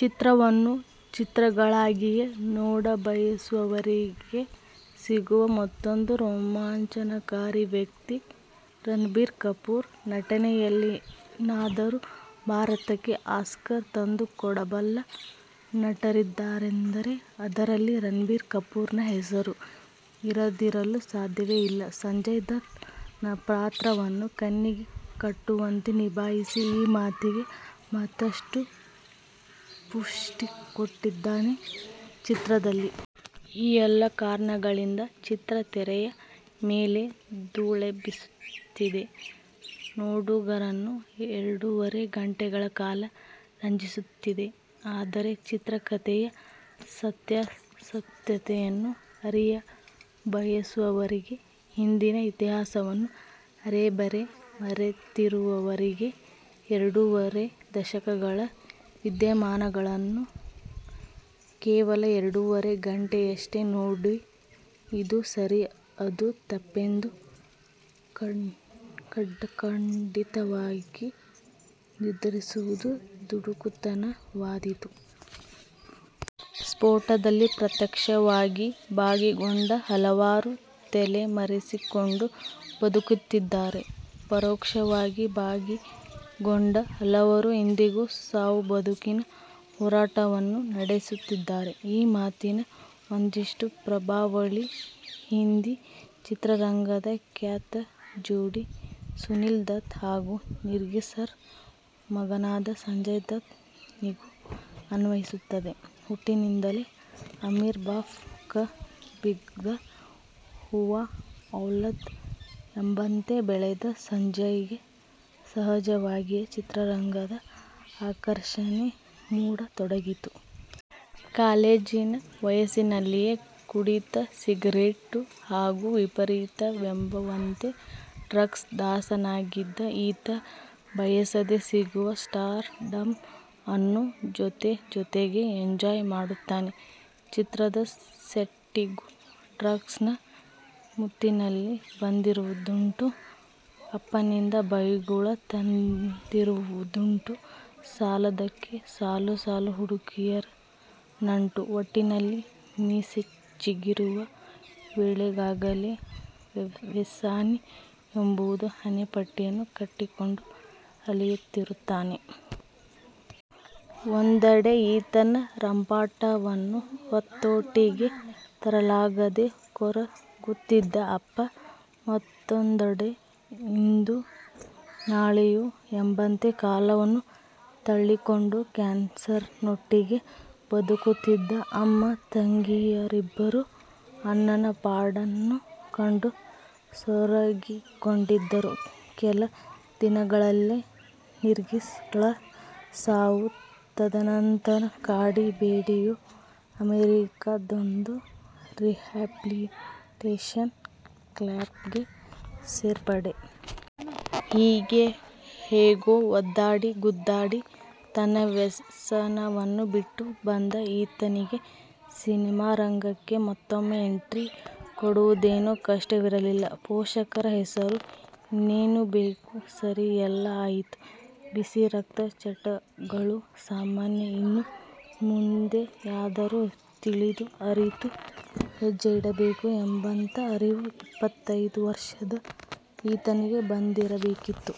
ಚಿತ್ರವನ್ನು ಚಿತ್ರಗಳಾಗಿಯೇ ನೋಡಬಯಸುವವರಿಗೆ ಸಿಗುವ ಮತ್ತೊಂದು ರೋಮಾಂಚನಕಾರಿ ವ್ಯಕ್ತಿ ರಣಬೀರ್ ಕಪೂರ್. ನಟನೆಯಲ್ಲೇನಾದರೂ ಭಾರತಕ್ಕೆ ಆಸ್ಕರ್ ತಂದುಕೊಡಬಲ್ಲ ನಟರಿದ್ದಾರೆಂದರೆ ಆದರಲ್ಲಿ ರಣಬೀರ್ ಕಪೂರ್ನ ಹೆಸರು ಇರದಿರಲು ಸಾಧ್ಯವೇ ಇಲ್ಲ. ಸಂಜಯ್ ದತ್ ನ ಪಾತ್ರವನ್ನು ಕಣ್ಣಿಗೆ ಕಟ್ಟುವಂತೆ ನಿಭಾಯಿಸಿ ಈ ಮಾತಿಗೆ ಮತ್ತಷ್ಟು ಪುಷ್ಟಿಕೊಟ್ಟಿದ್ದಾನೆ ಚಿತ್ರದಲ್ಲಿ. ಈ ಎಲ್ಲ ಕಾರಣಗಳಿಂದ ಚಿತ್ರ ತೆರೆಯ ಮೇಲೆ ದೂಳೆಬ್ಬಿಸುತ್ತಿದೆ. ನೋಡುಗರನ್ನು ಎರಡೂವರೆ ಘಂಟೆಗಳ ಕಾಲ ರಂಜಿಸುತ್ತಿದೆ. ಆದರೆ ಚಿತ್ರಕತೆಯ ಸತ್ಯಾಸತ್ಯತೆಯನ್ನು ಅರಿಯಬಯಸುವವರಿಗೆ, ಹಿಂದಿನ ಇತಿಹಾಸವನ್ನು ಅರೆಬರೆ ಮರೆತಿರುವವರಿಗೆ ಎರಡೂವರೆ ದಶಕಗಳ ವಿದ್ಯಮಾನಗಳನ್ನು ಕೇವಲ ಎರಡೂವರೆ ಘಂಟೆಯಷ್ಟೇ ನೋಡಿ ಇದು ಸರಿ ಅದು ತಪ್ಪೆಂದು ಖಡಾಖಂಡಿತವಾಗಿ ನಿರ್ಧರಿಸುವುದು ದುಡುಕುತನವಾದೀತು. ಸ್ಪೋಟದಲ್ಲಿ ಪ್ರತ್ಯಕ್ಷವಾಗಿ ಭಾಗಿಗೊಂಡ ಹಲವಾರು ತಲೆಮರೆಸಿಕೊಂಡು ಬದುಕುತ್ತಿದ್ದರೆ ಪರೋಕ್ಷವಾಗಿ ಭಾಗಿಗೊಂಡ ಹಲವರು ಇಂದಿಗೂ ಸಾವು ಬದುಕಿನ ಹೋರಾಟವನ್ನು ನಡೆಸುತ್ತಿದ್ದಾರೆ. ಈ ಮಾತಿನ ಒಂದಿಷ್ಟು ಪ್ರಭಾವಳಿ ಹಿಂದಿ ಚಿತ್ರರಂಗದ ಖ್ಯಾತ ಜೋಡಿ ಸುನಿಲ್ ದತ್ ಹಾಗು ನರ್ಗೀಸರ ಮಗನಾದ ಸಂಜಯ್ ದತ್ ನಿಗೂ ಅನ್ವಯಿಸುತ್ತದೆ. ಹುಟ್ಟಿನಿಂದಲೇ ಅಮೀರ್ ಬಾಪ್ ಕ ಬಿಗ್ದಾ ಹೂವಾ ಔಲಾದ್ ಎಂಬಂತೆ ಬೆಳೆದ ಸಂಜಯ್ಗೆ ಸಹಜವಾಗಿಯೇ ಚಿತ್ರರಂಗದ ಆಕರ್ಷಣೆ ಮೂಡತೊಡಗಿತು. ಕಾಲೇಜಿನ ವಯಸ್ಸಿನಲ್ಲಿಯೇ ಕುಡಿತ, ಸಿಗರೇಟು ಹಾಗು ವಿಪರೀತವೆಂಬಂತೆ ಡ್ರಗ್ಸ್ ದಾಸನಾಗಿದ್ದ ಈತ ಬಯಸದೆ ಸಿಗುವ ಸ್ಟಾರ್ ಡಮ್ ಅನ್ನು ಜೊತೆಜೊತೆಗೆ ಎಂಜಾಯ್ ಮಾಡುತ್ತಾನೆ. ಚಿತ್ರದ ಸೆಟ್ಟಿಗೂ ಡ್ರಗ್ಸ್ ನ ಮತ್ತಿನಲ್ಲಿ ಬಂದಿರುವುದುಂಟು. ಅಪ್ಪನಿಂದ ಬೈಗುಳ ತಿಂದಿರುವುದುಂಟು. ಸಾಲದಕ್ಕೆ ಸಾಲು ಸಾಲು ಹುಡುಗಿಯರ ನಂಟು. ಒಟ್ಟಿನಲ್ಲಿ ಮೀಸೆಚಿಗುರುವ ವೇಳೆಗಾಗಲೇ ವ್ಯಸನಿ ಎಂಬೊಂದು ಹಣೆಪಟ್ಟಿಯನ್ನು ಕಟ್ಟಿಕೊಂಡು ಅಲೆಯುತ್ತಿರುತ್ತಾನೆ. ಒಂದೆಡೆ ಈತನ ರಂಪಾಟವನ್ನು ಹತೋಟಿಗೆ ತರಲಾಗದೆ ಕೊರಗುತ್ತಿದ್ದ ಅಪ್ಪ ಮತ್ತೊಂದೆಡೆ ಇಂದೋ ನಾಳೆಯೋ ಎಂಬಂತೆ ಕಾಲವನ್ನು ತಳ್ಳಿಕೊಂಡು ಕ್ಯಾನ್ಸರಿನೊಟ್ಟಿಗೆ ಬದುಕುತ್ತಿದ್ದ ಅಮ್ಮ. ತಂಗಿಯರಿಬ್ಬರೂ ಅಣ್ಣನ ಪಾಡನ್ನು ಕಂಡು ಸೊರಗಿಕೊಂಡಿದ್ದರು. ಕೆಲ ದಿನಗಳಲ್ಲೇ ನರ್ಗೀಸ್ ಳ ಸಾವು. ತದನಂತರ ಕಾಡಿ ಬೇಡಿಯೋ ಅಮೆರಿಕದೊಂದು ರಿಹ್ಯಾಬಿಲಿಟೇಷನ್ ಕ್ಯಾಂಪ್ಗೆ ಸೇರ್ಪಡೆ. ಹೀಗೆ ಹೇಗೋ ಒದ್ದಾಡಿ ಗುದ್ದಾಡಿ ತನ್ನ ವ್ಯಸನವನ್ನು ಬಿಟ್ಟು ಬಂದ ಈತನಿಗೆ ಸಿನಿಮಾರಂಗಕ್ಕೆ ಮತ್ತೊಮ್ಮೆ ಎಂಟ್ರಿ ಕೊಡುವುದೇನು ಕಷ್ಟವಿರಲಿಲ್ಲ. ಪೋಷಕರ ಹೆಸರು. ಇನ್ನೇನು ಬೇಕು. ಸರಿ ಎಲ್ಲ ಆಯಿತು, ಬಿಸಿ ರಕ್ತ. ಚಟಗಳು ಸಾಮಾನ್ಯ. ಇನ್ನು ಮುಂದೆಯಾದರೂ ತಿಳಿದು ಅರಿತು ಹೆಜ್ಜೆಯಿಡಬೇಕು ಎಂಬಂತ ಅರಿವು ಇಪ್ಪತ್ತೈದು ವರ್ಷದ ಈತನಿಗೆ ಬಂದಿರಬೇಕಿತ್ತು.